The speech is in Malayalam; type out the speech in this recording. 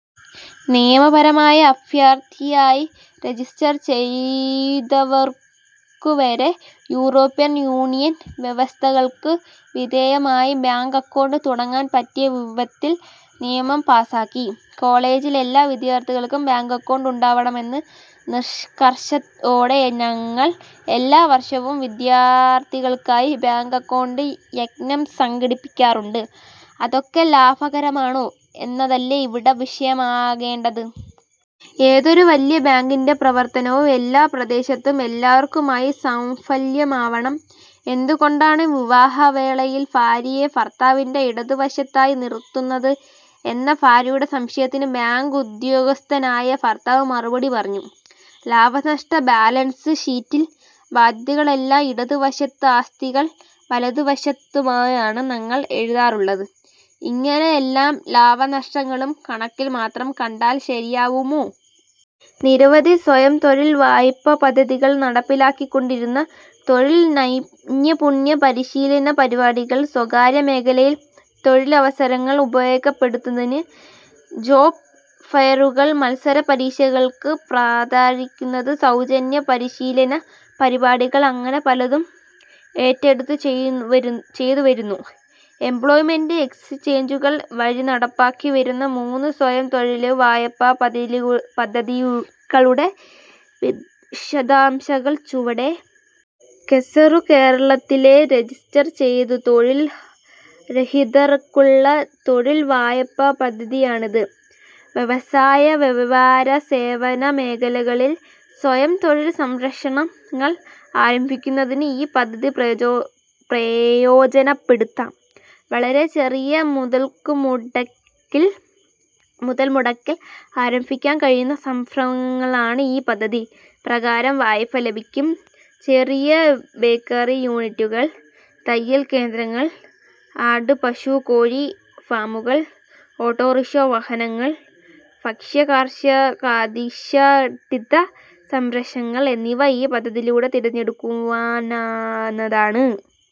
നിയമപരമായി അഭയാർഥിയായി രജിസ്റ്റർ ചെയ്തവർക്കുവരെ യൂറോപ്യൻ യൂണിയൻ വ്യവസ്ഥകൾക്കു വിധേയമായി ബാങ്ക് അക്കൗണ്ട് തുടങ്ങാൻ പറ്റിയ വിധത്തിൽ നിയമം പാസ്സാക്കി. കോളേജിൽ എല്ലാ വിദ്യാർഥികൾക്കും ബാങ്ക് അക്കൗണ്ട് ഉണ്ടാവണമെന്ന നിഷ്കർഷയോടെ ഞങ്ങൾ എല്ലാ വർഷവും വിദ്യാർത്ഥികൾക്കായി ബാങ്ക് അക്കൗണ്ട് യജ്ഞം സംഘടിപ്പിക്കാറുണ്ട്. അതൊക്കെ ലാഭകരമാണോ എന്നതല്ല ഇവിടെ വിഷയമാക്കേണ്ടത്. ഏതൊരു വലിയ ബാങ്കിന്റെ പ്രവർത്തനവും എല്ലാ പ്രദേശത്തും എല്ലാവർക്കുമായി സംലഭ്യമാവണം. എന്തുകൊണ്ടാണ് വിവാഹവേളയിൽ ഭാര്യയെ ഭർത്താവിന്റെ ഇടതുവശത്തായി നിർത്തുന്നത് എന്ന ഭാര്യയുടെ സംശയത്തിന് ബാങ്ക് ഉദ്യോഗസ്ഥനായ ഭർത്താവ് മറുപടി പറഞ്ഞു:'ലാഭനഷ്ട ബാലൻസ് ഷീറ്റിൽ ബാധ്യതകളെല്ലാം ഇടതുവശത്തും ആസ്തികൾ വലതു വശത്തുമായാണ് ഞങ്ങൾ എഴുതാറുള്ളത്. ''ഇങ്ങനെ എല്ലാം ലാഭനഷ്ടങ്ങളുടെ കണക്കിൽ മാത്രം കണ്ടാൽ ശരിയാവുമോ. നിരവധി സ്വയംതൊഴിൽ വായ്പാ പദ്ധതികൾ നടപ്പാക്കിക്കൊണ്ടിരിക്കുന്നു. തൊഴിൽ നൈപുണ്യ പരിശീലന പരിപാടികൾ, സ്വകാര്യ മേഖലയിലെ തൊഴിൽ അവസരങ്ങൾ ഉപയോഗപ്പെടുത്തുന്നതിന് ജോബ് ഫെയറുകൾ, മത്സര പരീക്ഷകൾക്ക് പ്രാപ്തരാക്കുന്നതിന് സൗജന്യ പരിശീലന പരിപാടികൾ അങ്ങനെ പലതും ഏറ്റെടുത്തു ചെയ്തുവരുന്നു. എംപ്ലോയ്മെന്റ് എക്സ്ചേഞ്ചുകൾ വഴി നടപ്പാക്കിവരുന്ന മൂന്ന് സ്വയംതൊഴിൽ വായ്പാ പദ്ധതികളുടെ വിശദാംശങ്ങൾ ചുവടെ:. കെസ്റു കേരളത്തിലെ രജിസ്റ്റർ ചെയ്ത തൊഴിൽരഹിതർക്കുള്ള തൊഴിൽ വായ്പാ പദ്ധതിയാണിത്. വ്യവസായവ്യാപാരസേവന മേഖലകളിൽ സ്വയംതൊഴിൽ സംരംഭങ്ങൾ ആരംഭിക്കുന്നതിന് ഈ പദ്ധതി പ്രയോജനപ്പെടുത്താം. വളരെ ചെറിയ മുതൽമുടക്കിൽ ആരംഭിക്കാൻ കഴിയുന്ന സംരംഭങ്ങൾക്കാണ് ഈ പദ്ധതി പ്രകാരം വായ്പ ലഭിക്കുക. ചെറിയ ബേക്കറി യൂണിറ്റുകൾ, തയ്യൽ കേന്ദ്രങ്ങൾ, ആട്പശുകോഴി ഫാമുകൾ, ഓട്ടോറിക്ഷാ വാഹനങ്ങൾ, ഭക്ഷ്യകാർഷികാധിഷ്ഠിത സംരംഭങ്ങൾ എന്നിവ ഈ പദ്ധതിയിലൂടെ തിരഞ്ഞെടുക്കാവുന്നതാണ്.